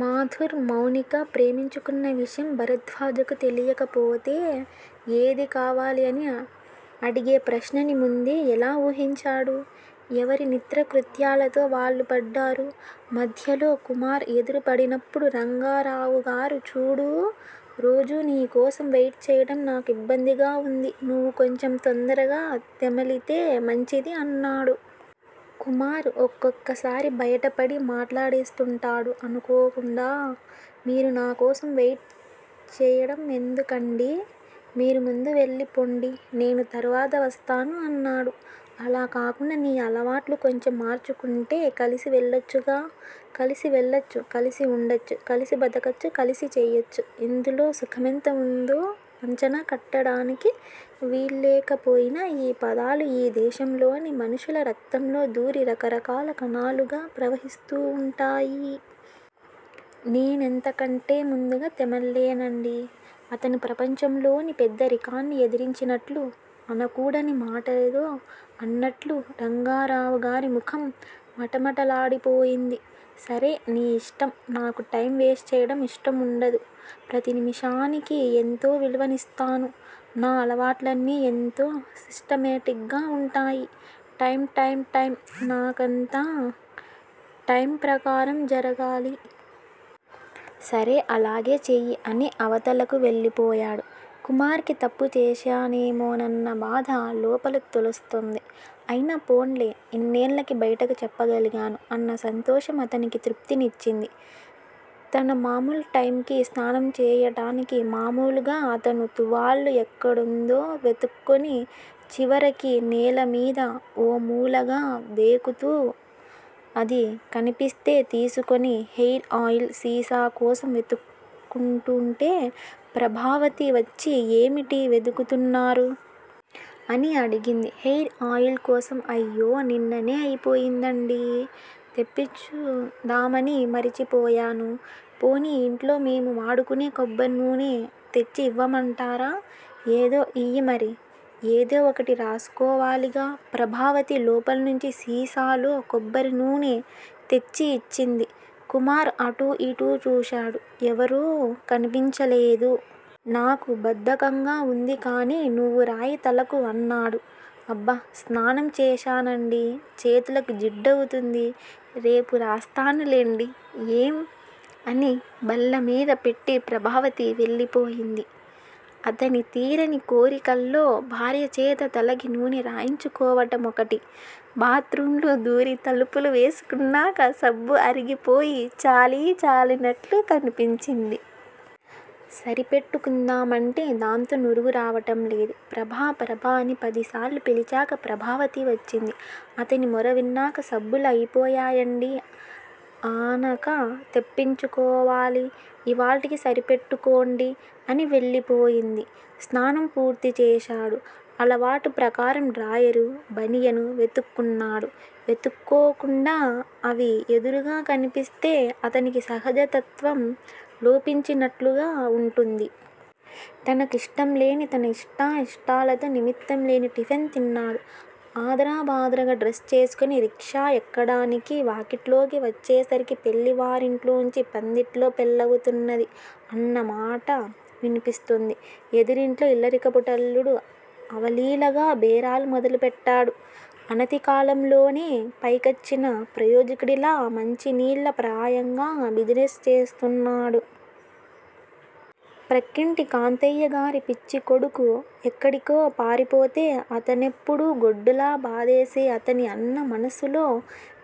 మాధుర్, మౌనిక ప్రేమించుకున్న విషయం భరద్వాజకు తెలీకపోతే ఏది కావాలి అని అడిగే ప్రశ్నని ముందే ఎలా వూహించాడు। ఎవరి నిత్యకృత్యాలతో వాళ్ళు పడ్డారు. మధ్యలో కుమార్ ఎదురుపడినప్పుడు రంగారావుగారు చూడూ! రోజూ నీకోసం వెయిట్ చేయటం నాకు ఇబ్బందిగా వుంది. నువ్వు కొంచెం తొందరగా తెమిలితే మంచిది అన్నాడు. కుమార్ ఒక్కొక్కసారి బయటపడి మాట్లాడేస్తుంటాడు అనుకోకుండా. 'మీరు నాకోసం వెయిట్ చేయడమెందుకండీ? మీరు ముందు వెళ్ళిపొండి, నేను తరువాత వస్తాను' అన్నాడు. అలా కాకుండా నీ అలవాట్లు కొంచెం మార్చుకుంటే కలిసి వెళ్ళొచ్చుగా? కలిసి వెళ్ళొచ్చు, కలిసి వుండొచ్చు, కలిసి బతకొచ్చు, కలిసి చెయొచ్చు ఇందులో సుఖమెంత వుందో అంచనా కట్టటానికి వీల్లేకపోయినా ఈ పదాలు ఈ దేశంలోని మనుషుల రక్తంలో దూరి రకరకాల కణాలుగా ప్రవహిస్తూ వుంటాయి. నేనంతకంటే ముందుగా తెమల్లేనండీ. అతను ప్రపంచంలోని పెద్దరికాన్ని ఎదిరించినట్లు, అనకూడని మాటేదో అన్నట్లు రంగారావుగారి ముఖం మటమటలాడిపోయింది. సరే, నీఇష్టం. నాకు టైం వేస్టుచేయటం ఇష్టంవుండదు. ప్రతి నిముషానికీ ఎంతో విలువనిస్తాను. నా అలవాట్లన్నీ ఎంతో సిస్టమేటిక్ గా వుంటాయి. Time time time! నాకంతా టైమ్ ప్రకారం జరగాలి. సరే అలాగే చెయ్యి అని అవతలకు వెళ్ళిపోయాడు. కుమార్ కి తప్పు చేశానేమోనన్న బాధ లోపల తొలుస్తుంది. అయినా పోన్లే, ఇన్నేళ్ళకి బయటకు చెప్పగలిగాను అన్న సంతోషం అతనికి తృప్తినిచ్చింది. తన మామూలుటైముకి స్నానం చేయటానికి మామూలుగా అతను తువ్వాలు ఎక్కడుందో వెతుక్కుని, చివరికి నేలమీద ఓమూలగా దేకుతూ అది కనిపిస్తే తీసుకుని, హెయిర్ ఆయిల్ సీసాకోసం వెతుక్కుంటుంటే ప్రభావతి వచ్చి ఏమిటి వెదుకుతున్నారు? అని అడిగింది. హెయిర్ ఆయిల్ కోసం అయ్యో! నిన్ననే అయిపోయిందండీ. తెప్పించుదామని మరిచిపోయాను. పోనీ ఇంట్లో మేము వాడుకునే కొబ్బరినూనె తెచ్చి ఇవ్వమంటారా? ఏదో ఇయ్యి మరి. ఏదో ఒకటి రాసుకోవాలిగా! ప్రభావతి లోపల్నుంచి సీసాలో కొబ్బరినూనె తెచ్చిఇచ్చింది. కుమార్ అటూఇటూ చూశాడు. ఎవరూ కనిపించలేదు. నాకు బద్దకంగా వుందికానీ, నువ్వు రాయి తలకు అన్నాడు. అబ్బ! స్నానం చేశానండీ. చేతులకు జిడ్డవుతుంది. రేపు రాస్తానులెండి. ఏం? అని బల్లమీద పెట్టి ప్రభావతి వెళ్ళిపోయింది. అతని తీరని కోరికల్లో భార్యచేత తలకి నూనె రాయించుకోవటమొకటి. బాత్ రూం లో దూరి తలుపులు వేసుకున్నాక సబ్బు అరిగిపోయి చాలీ చాలనట్లు కనిపించింది. సరిపెట్టుకుందామంటే దాంతో నురుగు రావటంలేదు. ప్రభా! ప్రభా! అని పదిసార్లు పిలిచాక ప్రభావతి వచ్చింది. అతని మొరవిన్నాక సబ్బులు అయిపోయాయండీ. ఆనక తెప్పించుకోవాలి. ఇవాల్టికి సరిపెట్టుకోండి అని వెళ్ళిపోయింది. స్నానం పూర్తిచేశాడు. అలవాటు ప్రకారం డ్రాయరు, బనియను వెతుక్కున్నాడు. వెతుక్కోకుండా అవి ఎదురుగా కనిపిస్తే అతనికి సహజత్వం లోపించినట్లుగా వుంటుంది. తనకు ఇష్టంలేని, తన ఇష్టాఇష్టాలతో నిమిత్తం లేని టిఫిన్ తిన్నాడు. ఆదరాబాదరగా డ్రెస్ చేసుకుని రిక్షా ఎక్కడానికి, వాకిట్లోకి వచ్చేసరికి పెళ్ళి వారింట్లోంచి 'పందిట్లో పెళ్లవుతున్నది' అన్నపాట వినిపిస్తుంది. ఎదురింట్లో ఇల్లరికపుటల్లుడు అవలీలగా బేరాలు మొదలుపెట్టాడు. అనతికాలంలోనే పైకిచ్చిన ప్రయోజకుడిలా మంచినీళ్ళ ప్రాయంగా బిజినెస్ చేస్తున్నాడు. ప్రక్కింటి కాంతయ్యగారి పిచ్చికొడుకు ఎక్కడికో పారిపోతే అతన్నెప్పుడూ గొడ్డులా బాదేసే అతని అన్న మనసులో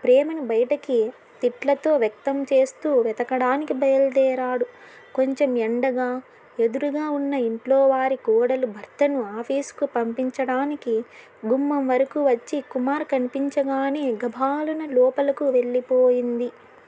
ప్రేమను బయటికి తిట్లతో వ్యక్తంచేస్తూ వెతకడానికి బయల్దేరాడు. కొంచెం ఎడంగా, ఎదురుగా వున్న ఇంట్లోవారి కోడలు భర్తను ఆఫీసుకు పంపించటానికి గుమ్మంవరకూ వచ్చి కుమార్ కనిపించగానే గభాలున లోపలకు వెళ్ళిపోయింది.